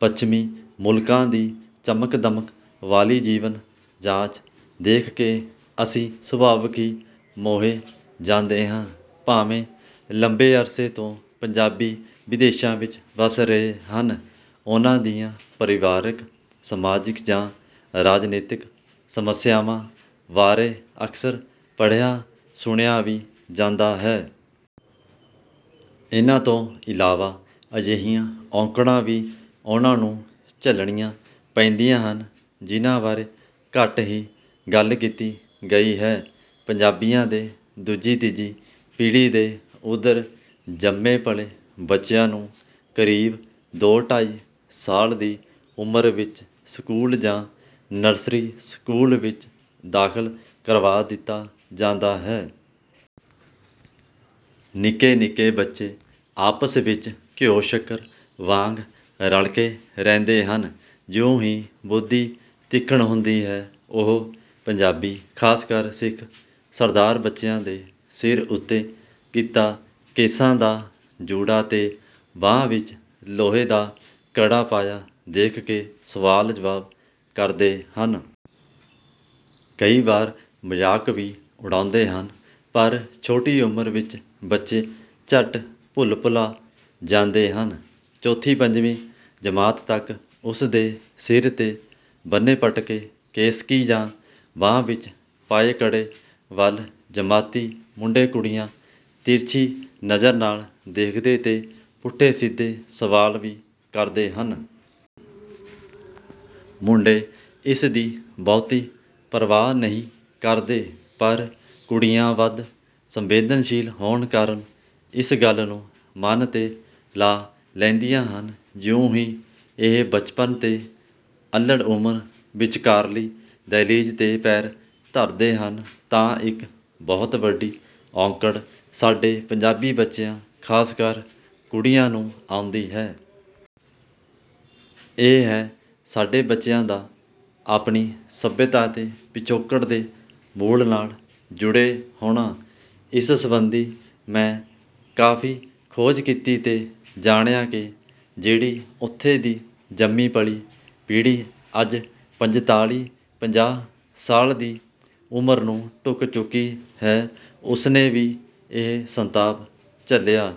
ਪੱਛਮੀ ਮੁਲਕਾਂ ਦੀ ਚਮਕ-ਦਮਕ ਵਾਲੀ ਜੀਵਨ ਜਾਚ ਦੇਖ ਕੇ ਅਸੀਂ ਸੁਭਾਵਿਕ ਹੀ ਮੋਹੇ ਜਾਂਦੇ ਹਾਂ। ਭਾਵੇਂ ਲੰਮੇ ਅਰਸੇ ਤੋਂ ਪੰਜਾਬੀ ਵਿਦੇਸ਼ਾਂ ਵਿੱਚ ਵਸ ਰਹੇ ਹਨ। ਉਨ੍ਹਾਂ ਦੀਆਂ ਪਰਿਵਾਰਕ, ਸਮਾਜਿਕ ਜਾਂ ਰਾਜਨੀਤਕ ਸਮੱਸਿਆਵਾਂ ਬਾਰੇ ਅਕਸਰ ਪੜਿ੍ਹਆ-ਸੁਣਿਆ ਵੀ ਜਾਂਦਾ ਹੈ। ਇਨ੍ਹਾਂ ਤੋਂ ਇਲਾਵਾ ਅਜਿਹੀਆਂ ਔਕੜਾਂ ਵੀ ਉਨ੍ਹਾਂ ਨੂੰ ਝੱਲਣੀਆਂ ਪੈਂਦੀਆਂ ਹਨ ਜਿਨ੍ਹਾਂ ਬਾਰੇ ਘੱਟ ਹੀ ਗੱਲ ਕੀਤੀ ਗਈ ਹੈ। ਪੰਜਾਬੀਆਂ ਦੇ ਦੂਜੀ-ਤੀਜੀ ਪੀੜ੍ਹੀ ਦੇ ਉੱਧਰ ਜੰਮੇ-ਪਲੇ ਬੱਚਿਆਂ ਨੂੰ ਕਰੀਬ ਦੋ-ਢਾਈ ਸਾਲ ਦੀ ਉਮਰ ਵਿੱਚ ਸਕੂਲ ਜਾਂ ਨਰਸਰੀ ਸਕੂਲ ਵਿੱਚ ਦਾਖਲ ਕਰਵਾ ਦਿੱਤਾ ਜਾਂਦਾ ਹੈ। ਨਿੱਕੇ-ਨਿੱਕੇ ਬੱਚੇ ਆਪਸ ਵਿੱਚ ਘਿਓ ਸ਼ੱਕਰ ਵਾਂਗ ਰਲਕੇ ਰਹਿੰਦੇ ਹਨ। ਜਿਉਂ ਹੀ ਬੁੱਧੀ ਤੀਖਣ ਹੁੰਦੀ ਹੈ ਉਹ ਪੰਜਾਬੀ ਖ਼ਾਸ ਕਰ ਸਿੱਖ ਸਰਦਾਰ ਬੱਚਿਆਂ ਦੇ ਸਿਰ ਉੱਤੇ ਕੀਤਾ ਕੇਸਾਂ ਦਾ ਜੂੜਾ ਤੇ ਬਾਂਹ ਵਿੱਚ ਲੋਹੇ ਦਾ ਕੜਾ ਪਾਇਆ ਦੇਖ ਕੇ ਸਵਾਲ-ਜਵਾਬ ਕਰਦੇ ਹਨ। ਕਈ ਵਾਰ ਮਜ਼ਾਕ ਵੀ ਉਡਾਉਂਦੇ ਹਨ, ਪਰ ਛੋਟੀ ਉਮਰ ਵਿੱਚ ਬੱਚੇ ਝੱਟ ਭੁੱਲ-ਭੁਲਾ ਜਾਂਦੇ ਹਨ। ਚੌਥੀ-ਪੰਜਵੀਂ ਜਮਾਤ ਤੱਕ ਉਸ ਦੇ ਸਿਰ 'ਤੇ ਬੰਨ੍ਹੇ ਪਟਕੇ ਕੇਸਕੀ ਜਾਂ ਬਾਂਹ ਵਿੱਚ ਪਾਏ ਕੜੇ ਵੱਲ ਜਮਾਤੀ ਮੁੰਡੇ-ਕੁੜੀਆਂ ਤਿਰਛੀ ਨਜ਼ਰ ਨਾਲ ਦੇਖਦੇ ਤੇ ਪੁੱਠੇ-ਸਿੱਧੇ ਸਵਾਲ ਵੀ ਕਰਦੇ ਹਨ। ਮੁੰਡੇ ਇਸ ਦੀ ਬਹੁਤੀ ਪਰਵਾਹ ਨਹੀਂ ਕਰਦੇ, ਪਰ ਕੁੜੀਆਂ ਵੱਧ ਸੰਵੇਦਨਸ਼ੀਲ ਹੋਣ ਕਾਰਨ ਇਸ ਗੱਲ ਨੂੰ ਮਨ 'ਤੇ ਲਾ ਲੈਂਦੀਆਂ ਹਨ। ਜਿਉਂ ਹੀ ਇਹ ਬਚਪਨ ਤੇ ਅੱਲੜ੍ਹ ਉਮਰ ਵਿਚਕਾਰਲੀ ਦਹਿਲੀਜ਼ 'ਤੇ ਪੈਰ ਧਰਦੇ ਹਨ ਤਾਂ ਇੱਕ ਬਹੁਤ ਵੱਡੀ ਔਕੜ ਸਾਡੇ ਪੰਜਾਬੀ ਬੱਚਿਆਂ ਖ਼ਾਸ ਕਰ ਕੁੜੀਆਂ ਨੂੰ ਆਉਂਦੀ ਹੈ। ਇਹ ਹੈ ਸਾਡੇ ਬੱਚਿਆਂ ਦਾ ਆਪਣੀ ਸੱਭਿਅਤਾ ਤੇ ਪਿਛੋਕੜ ਦੇ ਮੂਲ ਨਾਲ ਜੁੜੇ ਹੋਣਾ। ਇਸ ਸਬੰਧੀ ਮੈਂ ਕਾਫ਼ੀ ਖੋਜ ਕੀਤੀ ਤੇ ਜਾਣਿਆ ਕਿ ਜਿਹੜੀ ਉੱਥੇ ਦੀ ਜੰਮੀ ਪਲੀ ਪੀੜ੍ਹੀ, ਅੱਜ ਪੰਝਤਾਲੀ-ਪੰਜਾਹ ਸਾਲ ਦੀ ਉਮਰ ਨੂੰ ਢੁੱਕ ਚੁੱਕੀ ਹੈ, ਉਸ ਨੇ ਵੀ ਇਹ ਸੰਤਾਪ ਝੱਲਿਆ,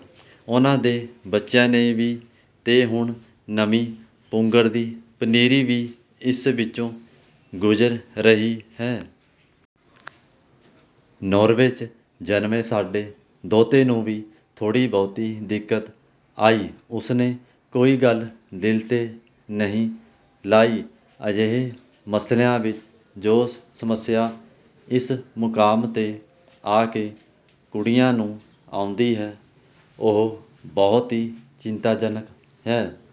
ਉਨ੍ਹਾਂ ਦੇ ਬੱਚਿਆਂ ਨੇ ਵੀ ਤੇ ਹੁਣ ਨਵੀਂ ਪੁੰਗਰਦੀਪਨੀਰੀ ਵੀ ਇਸ ਵਿੱਚੋਂ ਗੁਜ਼ਰ ਰਹੀ ਹੈ। ਨੌਰਵੇ 'ਚ ਜਨਮੇ ਸਾਡੇ ਦੋਹਤੇ ਨੂੰ ਵੀ ਥੋੜ੍ਹੀ ਬਹੁਤੀ ਦਿੱਕਤ ਆਈ। ਉਸ ਨੇ ਕੋਈ ਗੱਲ ਦਿਲ 'ਤੇ ਨਹੀਂ ਲਾਈ। ਅਜਿਹੇ ਮਸਲਿਆਂ ਵਿੱਚ ਜੋ ਸਮੱਸਿਆ ਇਸ ਮੁਕਾਮ 'ਤੇ ਆ ਕੇ ਕੁੜੀਆਂ ਨੂੰ ਆਉਂਦੀ ਹੈ ਉਹ ਬਹੁਤ ਹੀ ਚਿੰਤਾਜਨਕ ਹੈ।